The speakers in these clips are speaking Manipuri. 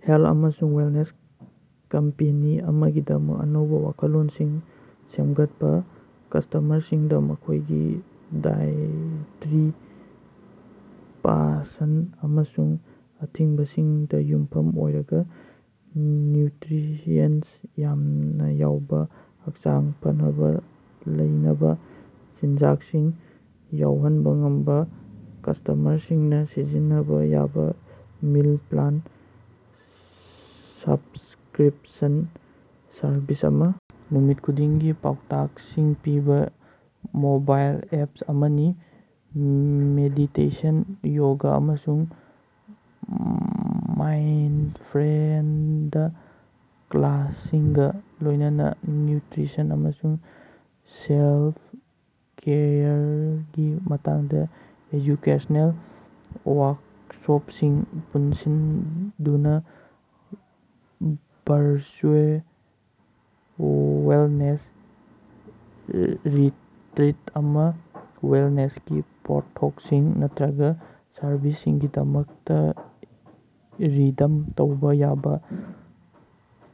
ꯍꯦꯜꯊ ꯑꯃꯁꯨꯡ ꯋꯦꯜꯅꯦꯁ ꯀꯝꯄꯦꯅꯤ ꯑꯃꯒꯤꯗꯃꯛ ꯑꯅꯧꯕ ꯋꯥꯈꯜꯂꯣꯟꯁꯤꯡ ꯁꯦꯝꯒꯠꯄ꯫ ꯀꯁ꯭ꯇꯃꯔꯁꯤꯡꯗ ꯃꯈꯣꯏꯒꯤ ꯗꯥꯏꯑꯦꯇ꯭ꯔꯤ ꯄꯁꯟꯗ ꯑꯃꯁꯨꯡ ꯑꯊꯤꯡꯕꯁꯤꯡꯗ ꯌꯨꯝꯐꯝ ꯑꯣꯏꯔꯒ ꯅ꯭ꯌꯨꯇ꯭ꯔꯤꯑꯦꯟꯇ ꯌꯥꯝꯅ ꯌꯥꯎꯕ, ꯍꯛꯆꯥꯡ ꯐꯅꯥ ꯂꯩꯅꯕ ꯆꯤꯟꯖꯥꯛꯁꯤꯡ ꯌꯧꯍꯟꯕ ꯉꯝꯕ ꯀꯁ꯭ꯇꯃꯔꯁꯤꯡꯅ ꯁꯤꯖꯤꯟꯅꯕ ꯌꯥꯕ ꯃꯤꯜ ꯄ꯭ꯂꯥꯟ ꯁꯕ꯭ꯁꯀ꯭ꯔꯤꯞꯁꯟ ꯁꯔꯚꯤꯁ ꯑꯃ ꯅꯨꯃꯤꯠ ꯈꯨꯗꯤꯡꯒꯤ ꯄꯥꯎꯇꯥꯛꯁꯤꯡ ꯄꯤꯕ ꯃꯣꯕꯥꯏꯜ ꯑꯦꯞ ꯑꯃꯅꯤ꯫ ꯃꯦꯗꯤꯇꯦꯁꯟ, ꯌꯣꯒ, ꯑꯃꯁꯨꯡ ꯃꯥꯏꯟꯗꯐ꯭ꯔꯦꯟꯗ ꯀ꯭ꯂꯥꯁꯁꯤꯡꯒ ꯂꯣꯏꯅꯅ ꯅ꯭ꯌꯨꯇꯔꯤꯁꯟ ꯑꯃꯁꯨꯡ ꯁꯦꯜꯐ-ꯀꯦꯌꯔꯒꯤ ꯃꯇꯥꯡꯗ ꯑꯦꯖꯨꯀꯦꯁꯅꯦꯜ ꯋꯥ꯭ꯔꯛꯁꯣꯞꯁꯤꯡꯒ ꯄꯨꯟꯁꯤꯟꯅꯗꯨꯅ ꯚꯔꯆꯨꯑꯦ ꯋꯦꯜꯅꯦꯁ ꯔꯤꯇ꯭ꯔꯤꯠ ꯑꯃ, ꯋꯦꯜꯅꯦꯁꯀꯤ ꯄꯣꯠꯊꯣꯛꯁꯤꯡ ꯅꯠꯇꯔꯒ ꯁꯔꯚꯤꯁꯁꯤꯡꯒꯤꯗꯃꯛꯇ ꯔꯤꯗꯤꯝ ꯇꯧꯕ ꯌꯥꯕ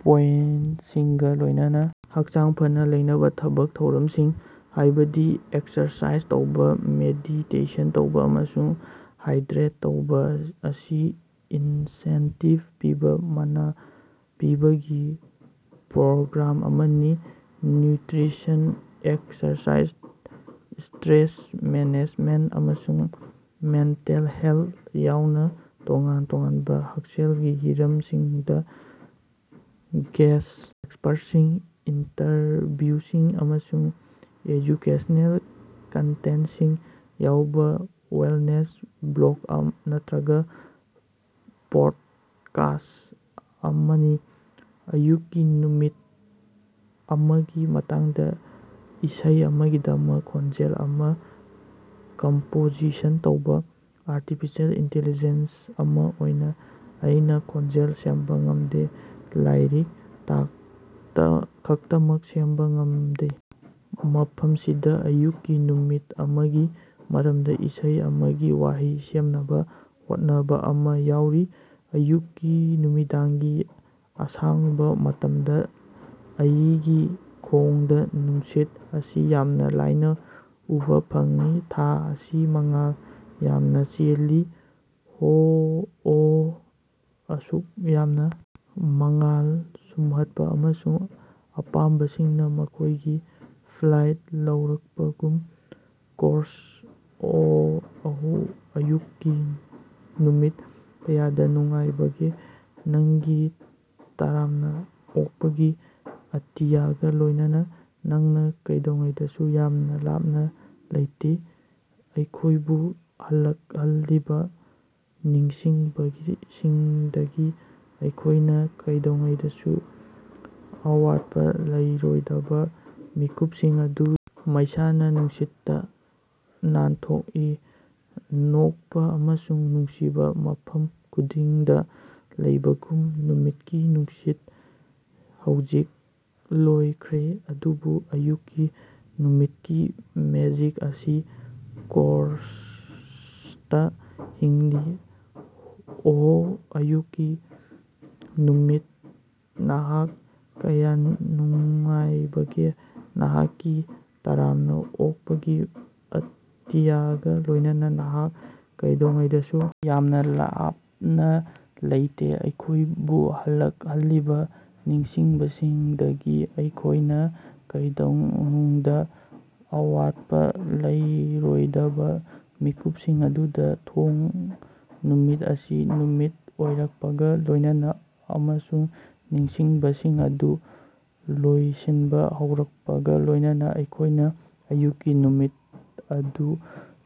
ꯄꯣꯏꯟꯇꯁꯤꯡꯒ ꯂꯣꯏꯅꯅ ꯍꯛꯆꯥꯡ ꯐꯅꯥ ꯂꯩꯅꯕ ꯊꯕꯛ ꯊꯧꯔꯝꯁꯤꯡ, ꯍꯥꯏꯕꯗꯤ ꯑꯦꯛꯁꯔꯁꯥꯏꯖ ꯇꯧꯕ, ꯃꯦꯗꯤꯇꯦꯁꯟ ꯇꯧꯕ, ꯑꯃꯁꯨꯡ ꯍꯥꯏꯗ꯭ꯔꯦꯠ ꯇꯧꯕ ꯑꯁꯤ ꯏꯟꯁꯦꯟꯇꯤꯕ ꯄꯤꯕ ꯃꯅꯥ ꯄꯤꯕꯒꯤ ꯄ꯭ꯔꯣꯒ꯭ꯔꯥꯝ ꯑꯃꯅꯤ꯫ ꯅ꯭ꯌꯨꯇꯔꯤꯁꯟ, ꯑꯦꯛꯁꯔꯁꯥꯏꯖ, ꯁ꯭ꯇꯔꯦꯁ ꯃꯦꯅꯦꯖꯃꯦꯟꯇ, ꯑꯃꯁꯨꯡ ꯃꯦꯟꯇꯦꯜ ꯍꯦꯜꯊ ꯌꯥꯎꯅ ꯇꯣꯉꯥꯟ ꯇꯣꯉꯥꯟꯕ ꯍꯛꯁꯦꯜꯒꯤ ꯍꯤꯔꯝꯁꯤꯡꯗ ꯒꯦꯁ꯭ꯠ ꯑꯦꯛꯁꯄ꯭ꯔꯠꯁꯤꯡ, ꯏꯟꯇꯔꯚ꯭ꯌꯨꯁꯤꯡ, ꯑꯃꯁꯨꯡ ꯑꯦꯖꯨꯀꯦꯁꯅꯦꯜ ꯀꯟꯇꯦꯟꯇꯁꯤꯡ ꯌꯥꯎꯕ ꯋꯦꯜꯅꯦꯁ ꯕ꯭ꯂꯣꯒ ꯅꯠꯇꯔꯒ ꯄꯣꯗꯀꯥꯁ꯭ꯠ ꯑꯃꯅꯤ꯫ ꯑꯌꯨꯛꯀꯤ ꯅꯨꯃꯤꯠ ꯑꯃꯒꯤ ꯃꯇꯥꯡꯗ ꯏꯁꯩ ꯑꯃꯒꯤꯗꯃꯛ ꯈꯣꯟꯖꯦꯜ ꯑꯃ ꯀꯝꯄꯣꯖꯤꯁꯟ ꯇꯧꯕ꯫ ꯑꯥꯔꯇꯤꯐꯤꯁꯤꯑꯦꯜ ꯏꯟꯇꯤꯂꯤꯖꯦꯟꯁ ꯑꯃ ꯑꯣꯏꯅ ꯑꯩꯅ ꯈꯣꯟꯖꯦꯜ ꯁꯦꯝꯕ ꯉꯃꯗꯦ, ꯂꯥꯏꯔꯤꯛ ꯈꯛꯇꯃꯛ ꯁꯦꯝꯕ ꯉꯝꯗꯦ꯫ ꯃꯐꯝꯁꯤꯗ ꯑꯌꯨꯛꯀꯤ ꯅꯨꯃꯤꯠ ꯑꯃꯒꯤ ꯃꯔꯝꯗ ꯏꯁꯩ ꯑꯃꯒꯤ ꯋꯥꯍꯩ ꯁꯦꯝꯅꯕ‌ ꯍꯣꯠꯅꯕ ꯑꯃ ꯌꯥꯎꯔꯤ - ꯑꯌꯨꯛꯀꯤ ꯅꯨꯃꯤꯗꯥꯡꯒꯤ ꯑꯁꯥꯡꯕ ꯃꯇꯝꯗ ꯑꯩꯒꯤ ꯈꯣꯡꯗ ꯅꯨꯡꯁꯤꯠ ꯑꯁꯤ ꯌꯥꯝꯅ ꯂꯥꯏꯅ ꯎꯕꯥ ꯐꯪꯏ ꯊꯥ ꯑꯁꯤ ꯃꯉꯥꯜ ꯌꯥꯝꯅ ꯆꯦꯜꯂꯤ ꯑꯣꯍ ꯑꯁꯨꯛ ꯌꯥꯝꯅ ꯃꯉꯥꯜ ꯁꯨꯝꯍꯠꯄ ꯑꯃꯁꯨꯡ ꯑꯄꯥꯝꯕꯁꯤꯡꯅ ꯃꯈꯣꯏꯒꯤ ꯐ꯭ꯂꯥꯏꯠ ꯂꯧꯔꯛꯄꯒꯨꯝ ꯀꯣꯔꯁ - ꯑꯣꯍ ꯑꯌꯨꯛꯀꯤ ꯅꯨꯃꯤꯠ, ꯀꯌꯥꯗ ꯅꯨꯡꯉꯥꯏꯕꯒꯦ ꯅꯪꯒꯤ ꯇꯔꯥꯝꯅ ꯑꯣꯛꯄꯒꯤ ꯑꯇꯤꯌꯥꯒ ꯂꯣꯏꯅꯅ ꯅꯪꯅ ꯀꯩꯗꯧꯉꯩꯗꯁꯨ ꯌꯥꯝꯅ ꯂꯥꯞꯅ ꯂꯩꯇꯦ ꯑꯩꯈꯣꯏꯕꯨ ꯍꯜꯂꯛꯍꯜꯂꯤꯕ ꯅꯤꯡꯁꯤꯡꯕꯁꯤꯡꯗꯒꯤ ꯑꯩꯈꯣꯏꯅ ꯀꯩꯗꯧꯉꯩꯗꯁꯨ ꯑꯋꯥꯠꯄ ꯂꯩꯔꯣꯏꯗꯕ ꯃꯤꯀꯨꯞꯁꯤꯡ ꯑꯗꯨꯗ ꯃꯩꯁꯥꯅ ꯅꯨꯡꯁꯤꯠꯇ ꯅꯥꯟꯊꯣꯛꯏ ꯅꯣꯛꯄ ꯑꯃꯁꯨꯡ ꯅꯨꯡꯁꯤꯕ ꯃꯐꯝ ꯈꯨꯗꯤꯡꯗ ꯂꯩꯕꯒꯨꯝ ꯅꯨꯃꯤꯠꯀꯤ ꯅꯨꯡꯁꯤꯠ ꯍꯧꯖꯤꯛ ꯂꯣꯏꯈ꯭ꯔꯦ ꯑꯗꯨꯕꯨ ꯑꯌꯨꯛꯀꯤ ꯅꯨꯃꯤꯠꯀꯤ ꯃꯦꯖꯤꯛ ꯑꯁꯤ ꯀꯣꯔꯁꯇꯥ ꯍꯤꯡꯂꯤ - ꯑꯣꯍ ꯑꯌꯨꯛꯀꯤ ꯅꯨꯃꯤꯠ, ꯅꯍꯥꯛ ꯀꯌꯥꯗꯅꯨꯡꯉꯥꯏꯕꯒꯦ ꯅꯍꯥꯛꯀꯤ ꯇꯔꯥꯝꯅ ꯑꯣꯛꯄꯒꯤ ꯑꯇꯤꯌꯥꯒ ꯂꯣꯏꯅꯅ, ꯅꯍꯥꯛ ꯀꯩꯗꯧꯉꯩꯗꯁꯨ ꯌꯥꯝꯅ ꯂꯥꯞꯅ ꯂꯩꯇꯦ ꯑꯩꯈꯣꯏꯕꯨ ꯍꯜꯂꯛꯍꯜꯂꯤꯕ ꯅꯤꯡꯁꯤꯡꯕꯁꯤꯡꯗꯒꯤ ꯑꯩꯈꯣꯏꯅ ꯀꯩꯗꯧꯅꯨꯡꯗ ꯑꯋꯥꯠꯄ ꯂꯩꯔꯣꯏꯗꯕ ꯃꯤꯀꯨꯞꯁꯤꯡ ꯑꯗꯨꯗ ꯊꯣꯡ - ꯅꯨꯃꯤꯠ ꯑꯁꯤ ꯅꯨꯃꯤꯠ ꯑꯣꯏꯔꯛꯄꯒ ꯂꯣꯏꯅꯅ ꯑꯃꯁꯨꯡ ꯅꯤꯡꯁꯤꯡꯕꯁꯤꯡ ꯑꯗꯨ ꯂꯣꯏꯁꯤꯟꯕ ꯍꯧꯔꯛꯄꯒ ꯂꯣꯏꯅꯅ ꯑꯩꯈꯣꯏꯅ ꯑꯌꯨꯛꯀꯤ ꯅꯨꯃꯤꯠ ꯑꯗꯨ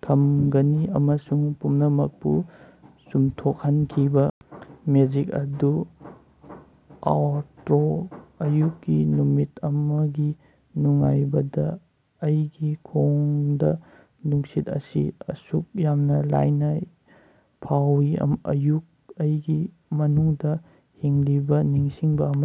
ꯊꯝꯒꯅꯤ ꯑꯃꯁꯨꯡ ꯄꯨꯝꯅꯃꯛꯄꯨ ꯆꯨꯝꯊꯣꯛꯍꯟꯈꯤꯕ ꯃꯦꯖꯤꯛ ꯑꯗꯨ ꯑꯥꯎꯇꯔꯣ - ꯑꯌꯨꯛꯀꯤ ꯅꯨꯃꯤꯠ ꯑꯃꯒꯤ ꯅꯨꯡꯉꯥꯏꯕꯗ ꯑꯩꯒꯤ ꯈꯣꯡꯗꯥ ꯅꯨꯡꯁꯤꯠ ꯑꯁꯤ ꯑꯁꯨꯛ ꯌꯥꯝꯅ ꯂꯥꯏꯅ ꯐꯥꯎꯏ ꯑꯌꯨꯛ ꯑꯩꯒꯤ ꯃꯅꯨꯡꯗ ꯍꯤꯡꯂꯤꯕ ꯅꯤꯡꯁꯤꯡꯕ ꯑꯃ꯫